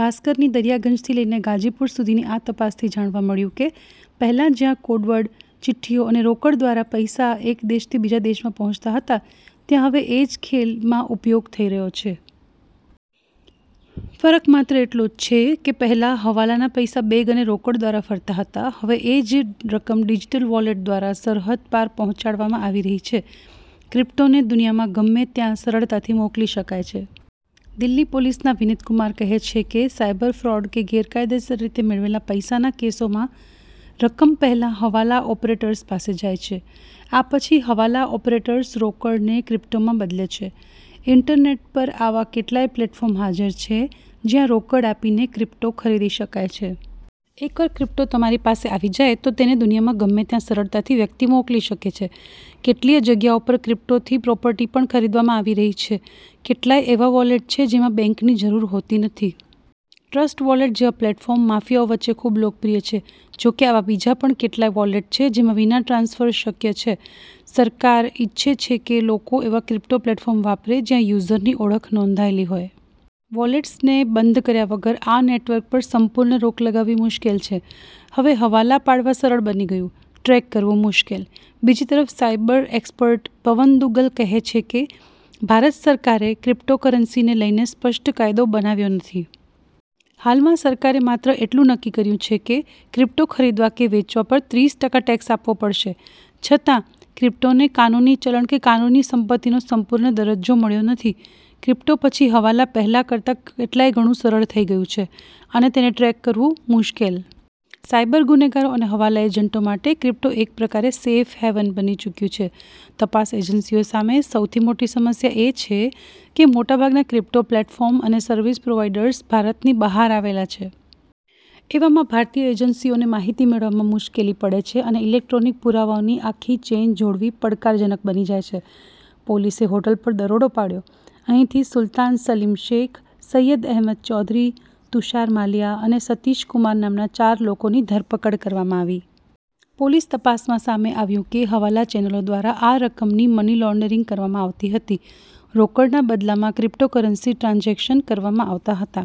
ભાસ્કરની દરિયાગંજથી લઈને ગાજીપુર સુધીની આ તપાસથી જાણવા મળ્યું કે, પહેલાં જ્યાં કોડ વર્ડ, ચિઠ્ઠીઓ અને રોકડ દ્વારા પૈસા એક દેશથી બીજા દેશ પહોંચતા હતા, ત્યાં હવે એ જ ખેલમાં ઉપયોગ થઈ રહ્યો છે. ફરક માત્ર એટલો જ છે કે પહેલાં હવાલાના પૈસા બેગ અને રોકડ દ્વારા ફરતા હતા, હવે એ જ રકમ ડિજિટલ વોલેટ દ્વારા સરહદ પાર પહોંચાડવામાં આવી રહી છે. ક્રિપ્ટોને દુનિયામાં ગમે ત્યાં સરળતાથી મોકલી શકાય છે. દિલ્હી પોલીસના વિનીત કુમાર કહે છે કે, "સાયબર ફ્રોડ કે ગેરકાયદેસર રીતે મેળવેલા પૈસાના કેસોમાં રકમ પહેલાં હવાલા ઓપરેટર્સ પાસે જાય છે. આ પછી હવાલા ઓપરેટર્સ રોકડને ક્રિપ્ટોમાં બદલે છે." ઇન્ટરનેટ પર એવા કેટલાય પ્લેટફોર્મ હાજર છે, જ્યાં રોકડ આપીને ક્રિપ્ટો ખરીદી શકાય છે. એકવાર ક્રિપ્ટો તમારી પાસે આવી જાય તો તેને દુનિયામાં ગમે ત્યાં સરળતાથી વ્યક્તિ મોકલી શકે છે. કેટલીય જગ્યાઓ પર ક્રિપ્ટોથી પ્રોપર્ટી પણ ખરીદવામાં આવી રહી છે. કેટલાય એવા વોલેટ છે, જેમાં બેંક ની જરૂર હોતી નથી. ટ્રસ્ટ વોલેટ જેવા પ્લેટફોર્મ માફિયાઓ વચ્ચે ખૂબ લોકપ્રિય છે. જોકે આવા બીજા પણ કેટલાય વોલેટ છે, જેમાં વિના ટ્રાન્સફર શક્ય છે. સરકાર ઈચ્છે છે કે, લોકો એવા ક્રિપ્ટો પ્લેટફોર્મ વાપરે જ્યાં યુઝરની ઓળખ નોંધાયેલી હોય. વોલેટ્સને બંધ કર્યા વગર આ નેટવર્ક પર સંપૂર્ણ રોક લગાવવી મુશ્કેલ છે. હવે હવાલા પાડવા સરળ બની ગયું, ટ્રેક કરવું મુશ્કેલ. બીજી તરફ, સાયબર એક્સપર્ટ પવન દુગ્ગલ કહે છે કે, "ભારત સરકારે ક્રિપ્ટોકરન્સીને લઈને સ્પષ્ટ કાયદો બનાવ્યો નથી. હાલમાં સરકારે માત્ર એટલું નક્કી કર્યું છે કે ક્રિપ્ટો ખરીદવા કે વેચવા પર ત્રીસ ટકા ટેક્સ આપવો પડશે. આ છતાં ક્રિપ્ટોને કાનૂની ચલણ કે કાનૂની સંપત્તિનો સંપૂર્ણ દરજ્જો મળ્યો નથી." ક્રિપ્ટો પછી હવાલા પહેલા કરતાં કેટલાય ગણું સરળ થઈ ગયું છે, અને તેને ટ્રેક કરવું મુશ્કેલ. સાયબર ગુનેગારો અને હવાલા એજન્ટો માટે ક્રિપ્ટો એક પ્રકારે 'સેફ હેવન' બની ચૂક્યું છે. તપાસ એજન્સીઓ સામે સૌથી મોટી સમસ્યા એ છે કે મોટાભાગના ક્રિપ્ટો પ્લેટફોર્મ અને સર્વિસ પ્રોવાઈડર્સ ભારતની બહાર આવેલા છે. એવામાં ભારતીય એજન્સીઓને માહિતી મેળવવામાં મુશ્કેલી પડે છે અને ઇલેક્ટ્રોનિક પુરાવાઓની આખી ચેન જોડવી પડકારજનક બની જાય છે. પોલીસે હોટલ પર દરોડો પાડ્યો. અહીંથી સુલ્તાન સલીમ શેખ, સૈયદ અહમદ ચૌધરી, તુષાર માલિયા અને સતીશ કુમાર નામના ચાર લોકોની ધરપકડ કરવામાં આવી. પોલીસ તપાસમાં સામે આવ્યું કે હવાલા ચેનલો દ્વારા આ રકમની મની લોન્ડરિંગ કરવામાં આવતી હતી. રોકડના બદલામાં ક્રિપ્ટોકરન્સી ટ્રાન્ઝેક્શન કરવામાં આવતા હતા.